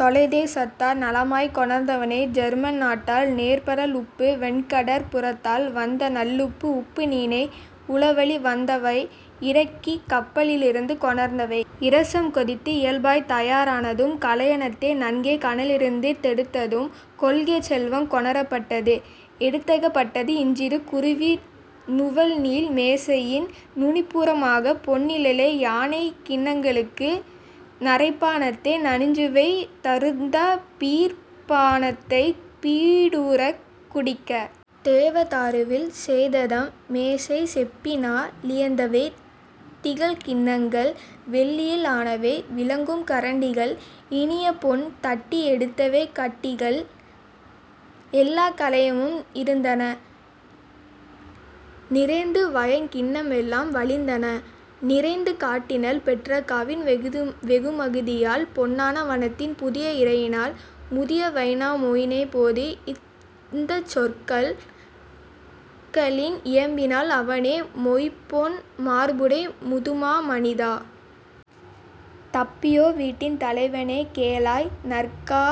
தொலைதே சத்தால் நலமாய்க் கொணர்ந்தவை German நாட்டால் நேர்பெறல் உப்பு வெண்கடற் புறத்தால் வந்தநல் loop உப்பு நீணை உளவழி வந்தவை இறக்கிக் கப்பலி லிருந்து கொணர்ந்தவை. இரசம் கொதித்து இயல்தயா ரானதும் கலயத்தை நன்கே கனலிருந் தெடுத்ததும் கொள்ளைச் செல்வம் கொணரப் பட்டது எடுத்தேகப் பட்டது இன்சிறு குருவி நுவல்நீள் மேசையின் நுனிப்புற மாக பொன்னிலே யான கிண்ணங் களுக்கு நறைப்பா னத்தை நனிசுவைத் தருந்த பீர் ப்பா னத்தைப் பீடுறக் குடிக்க. தேவ தாருவில் செய்ததம் மேசை செப்பினா லியந்தவை திகழ்கிண் ணங்கள் வெள்ளியில் ஆனவை விளங்கும் கரண்டிகள் இனியபொன் தட்டி எடுத்தவை கத்திகள்; எல்லாக் கலயமும் இருந்தன நிறைந்து வயங்குகிண் ணமெலாம் வழிந்தன நிறைந்து காட்டினில் பெற்ற கவின்வெகு மதியால் பொன்னான வனத்தின் புதிய இரையினால். முதிய வைனா மொயினனைப் போது இந்தச் சொற்களில் இயம்பினன் அவனே: "மொய்ம்பொன் மார்புடை முதுமா மனிதா! தப்பியோ வீட்டின் தலைவனே கேளாய்! நற்கா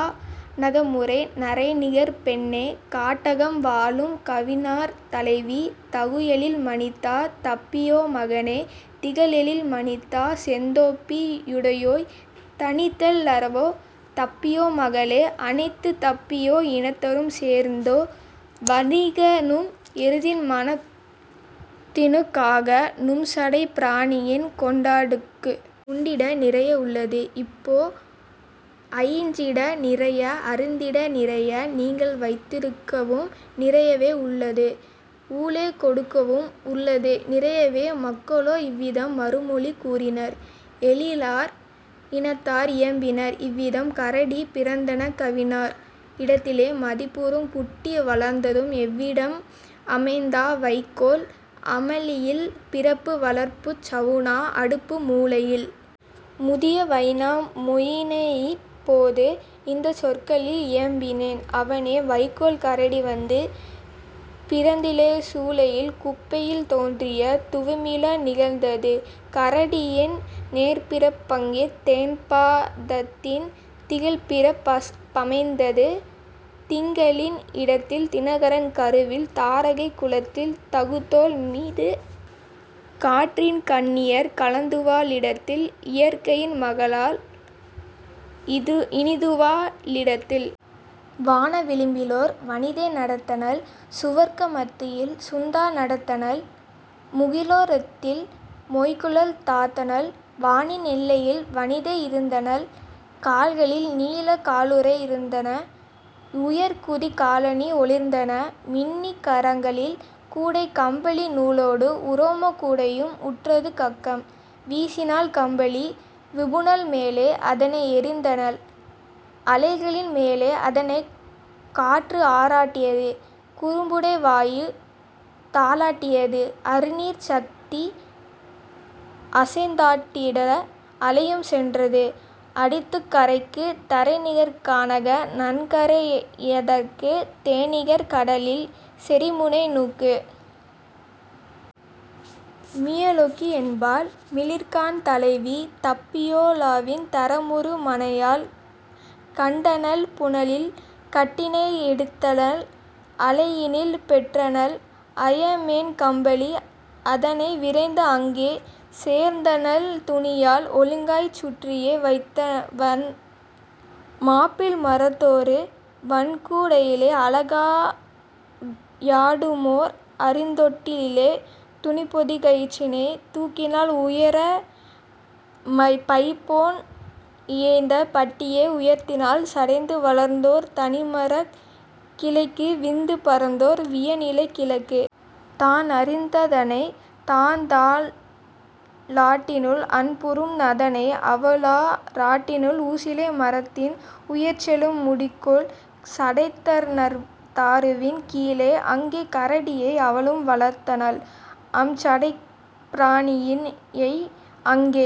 னகமுறை நறைநிகர் பெண்ணே! காட்டகம் வாழும் கவினார் தலைவி! தகுஎழில் மனிதா, தப்பியோ மகனே! திகழ்எழில் மனிதா, செந்தொப்பி யுடையோய்! தனித்தெல் லர்வோ, தப்பியோ மகளே! அனைத்துத் தப்பியோ இனத்தரும் சேர்ந்து வருகநும் எருதின் மணத்தினுக் காக நும்சடைப் பிராணியின் கொண்டாட் டுக்கு! உண்டிட நிறைய உள்ளது இப்போ அயின்றிட நிறைய, அருந்திட நிறைய, நீங்கள்வைத் திருக்கவும் நிறையவே யுள்ளது ஊலே கொடுக்கவும் உள்ளது நிறையவே. " மக்களோ இவ்விதம் மறுமொழி கூறினர் எழிலார் இனத்தார் இயம்பினர் இவ்விதம்: "கரடி பிறந்ததெக் கவினார் இடத்திலே மதிப்புறும் குட்டி வளர்ந்ததும் எவ்விடம் அமைந்ததா வைக்கோல் அமளியில் பிறப்பு வளர்ப்புச் சவுனா அடுப்பு மூலையில்? " முதிய வைனா மொயினனைப் போது இந்தச் சொற்களில் இயம்பினன் அவனே: "வைக்கோல் கரடி வந்து பிறந்தில சூளையின் குப்பையில் தோன்றிய துவுமில நிகழ்ந்தது கரடியின் நேர்ப்பிறப் பங்கே தேன்பா தத்தின் திகழ்பிறப் பமைந்தது திங்களின் இடத்தில் தினகரன் கருவில் தாரகைக் குலத்தின் தகுதோள் மீது காற்றின் கன்னியர் கலந்துவா ழிடத்தில் இயற்கையின் மகளார் இனிதுவா ழிடத்தில். வான விளிம்பிலோர் வனிதை நடந்தனள் சுவர்க்க மத்தியில் சுந்தா நடந்தனள் முகிலோ ரத்தில் மொய்குழல் தாத்தனள் வானின் எல்லையில் வனிதை இருந்தனள் கால்களில் நீலக் காலுறை யிருந்தன உயர்குதிக் காலணி ஒளிர்ந்தன மின்னி கரங்களில் கூடை கம்பளி நூலொடு உரோமக் கூடையும் உற்றது கக்கம்; வீசினள் கம்பளி விபுனல் மேலே அதனை எறிந்தனள் அலைகளின் மேலே அதனைக் காற்று ஆராட் டியது குறும்புடை வாயு தாலாட் டியது அருநீர்ச் சக்தி அசைந்தாட் டிடவே அலையும் சென்றது அடித்துக் கரைக்கு நறைநிகர் கானக நன்கரை யதற்கு தேனிகர் கடலின் செறிமுனை நுனிக்கு. மியெலிக்கி என்பாள் மிளிர்கான் தலைவி தப்பியோ லாவின் தரமுறு மனையாள் கண்டனள் புனலில் கட்டினை எடுத்தனள் அலையினில் பெற்றனள் அயமென் கம்பளி. அதனை விரைந்து அங்கே சேர்த்தனள் துணியால் ஒழுங்காய்ச் சுற்றியே வைத்தனள் மாப்பிள் மரத்தொரு வன்கூ டையிலே அழகா யாடுமோர் அருந்தொட் டிலிலே; துணிப்பொதிக் கயிற்றை தூக்கினள் உயர பைம்பொன் இயைந்த பட்டியை உயர்த்தினள் சடைத்து வளர்ந்ததோர் தனிமரக் கிளைக்கு விந்து பரந்ததோர் வியன்இலைக் கிளைக்கு. தானறிந் ததனை தான்தா லாட்டி னுள் அன்புறும் அதனை அவளா ராட்டினுள் ஊசிலை மரத்தின் உயர்செழும் முடிக்குள் சடைத்தநற் தாருவின் கீழே; அங்கே கரடியை அவளும் வளர்த்தனள் அம்சடைப் பிராணியை அங்கே